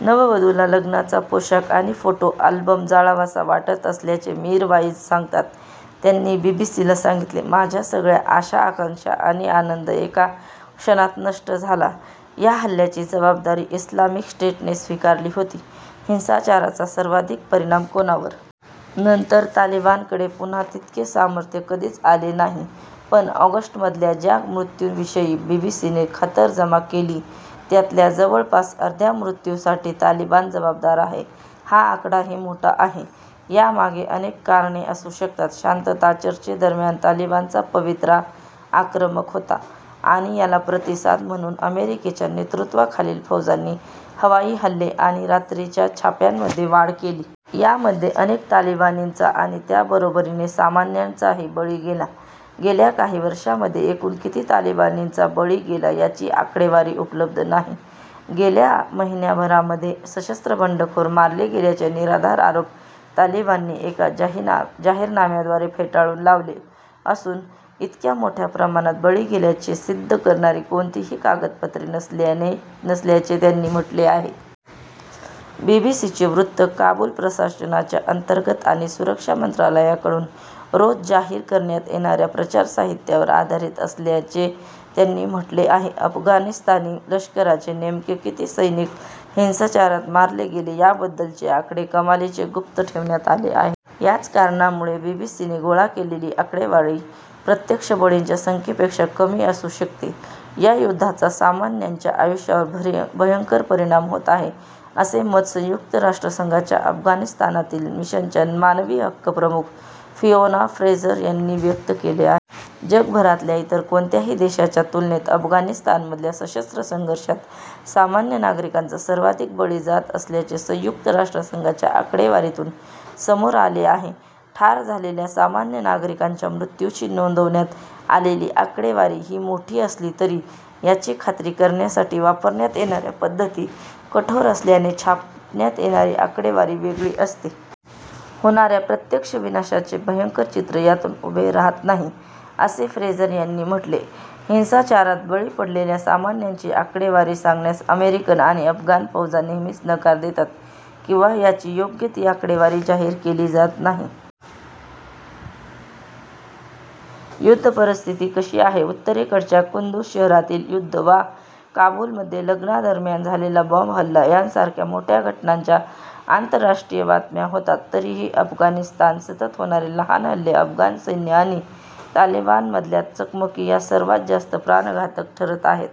नववधूला लग्नाचा पोशाख आणि फोटो आल्बम जाळावासा वाटत असल्याचे मीरवाईज सांगतात. त्यांनी बीबीसीला सांगितले, "माझ्या सगळ्या आशा-आकांक्षा आणि आनंद एका क्षणात नष्ट झाला." या हल्ल्याची जबाबदारी इस्लामिक स्टेटने स्वीकारली होती. हिंसाचाराचा सर्वाधिक परिणाम कोणावर? - नंतर तालिबानकडे पुन्हा तितके सामर्थ्य कधीच आले नाही. पण ऑगस्टमधल्या ज्या मृत्यूंविषयी बीबीसीने खातरजमा केली त्यातल्या जवळपास अर्ध्या मृत्यूंसाठी तालिबान जबाबदार आहे. हा आकडाही मोठा आहे. यामागे अनेक कारणे असू शकतात. शांतता चर्चेदरम्यान तालिबानचा पवित्रा आक्रमक होता आणि याला प्रतिसाद म्हणून अमेरिकेच्या नेतृत्वाखालील फौजांनी हवाई हल्ले आणि रात्रीच्या छाप्यांमध्ये वाढ केली. यामध्ये अनेक तालिबानींचा आणि त्याबरोबरीने सामान्यांचाही बळी गेला. गेल्या काही वर्षांमध्ये एकूण किती तालिबानींचा बळी गेला याची आकडेवारी उपलब्ध नाही. गेल्या महिन्याभरामध्ये सशस्त्र बंडखोर मारले गेल्याचे 'निराधार आरोप' तालिबानने एका जाहीरनाम्याद्वारे फेटाळून लावले असून 'इतक्या मोठ्या प्रमाणात बळी गेल्याचे' सिद्ध करणारी कोणतीही कागदपत्रे नसल्याचे त्यांनी म्हटले आहे. बीबीसीचे वृत्त 'काबुल प्रशासनाच्या अंतर्गत आणि सुरक्षा मंत्रालयांकडून रोज जाहीर करण्यात येणाऱ्या प्रचार साहित्यावर आधारित' असल्याचे त्यांनी म्हटले आहे. अफगाणिस्तानी लष्कराचे नेमके किती सैनिक हिंसाचारात मारले गेले, याबद्दलचे आकडे कमालीचे गुप्त ठेवण्यात आले आहेत. याच कारणामुळे बीबीसीने गोळा केलेली आकडेवारी प्रत्यक्ष बळींच्या संख्येपेक्षा कमी असू शकते. "या युद्धाचा सामान्यांच्या आयुष्यावर भयंकर परिणाम होत आहे," असे मत संयुक्त राष्ट्रसंघाच्या अफगाणिस्तानातील मिशनच्या मानवी हक्क प्रमुख फिओना फ्रेझर यांनी व्यक्त केले आहे. "जगभरातल्या इतर कोणत्याही देशाच्या तुलनेत अफगाणिस्तानमधल्या सशस्त्र संघर्षात सामान्य नागरिकांचा सर्वाधिक बळी जात असल्याचे संयुक्त राष्ट्रसंघाच्या आकडेवारीतून समोर आले आहे. ठार झालेल्या सामान्य नागरिकांच्या मृत्यूची नोंदवण्यात आलेली आकडेवारी ही मोठी असली तरी याची खात्री करण्यासाठी वापरण्यात येणाऱ्या पद्धती कठोर असल्याने छापण्यात येणारी आकडेवारी वेगळी असते. होणाऱ्या प्रत्यक्ष विनाशाचे भयंकर चित्र यातून उभे राहत नाही," असे फ्रेझर यांनी म्हटले. हिंसाचारात बळी पडलेल्या सामान्यांची आकडेवारी सांगण्यास अमेरिकन आणि अफगाण फौजा नेहमीच नकार देतात किंवा याची योग्य ती आकडेवारी जाहीर केली जात नाही. युद्ध परिस्थिती कशी आहे? - उत्तरेकडच्या कुंदूज शहरातील युद्ध वा काबुलमध्ये लग्नादरम्यान झालेला बॉम्बहल्ला यासारख्या मोठ्या घटनांच्या आंतरराष्ट्रीय बातम्या होतात. तरीही अफगाणिस्तान सतत होणारे लहान हल्ले, अफगाण सैन्य आणि तालिबानमधल्या चकमकी या सर्वात जास्त प्राणघातक ठरत आहेत.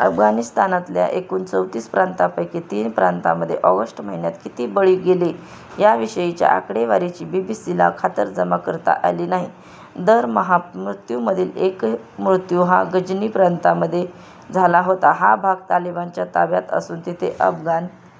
अफगाणिस्तानातल्या एकूण चौतीस प्रांतांपैकी तीन प्रांतांमध्ये ऑगस्ट महिन्यात किती बळी गेले याविषयीच्या आकडेवारीची बीबीसीला खातरजमा करता आली नाही. दर दहा मृत्यूंमधील एक मृत्यू हा गझनी प्रांतामध्ये झाला होता. हा भाग तालिबानच्या ताब्यात असून तिथे अफगाण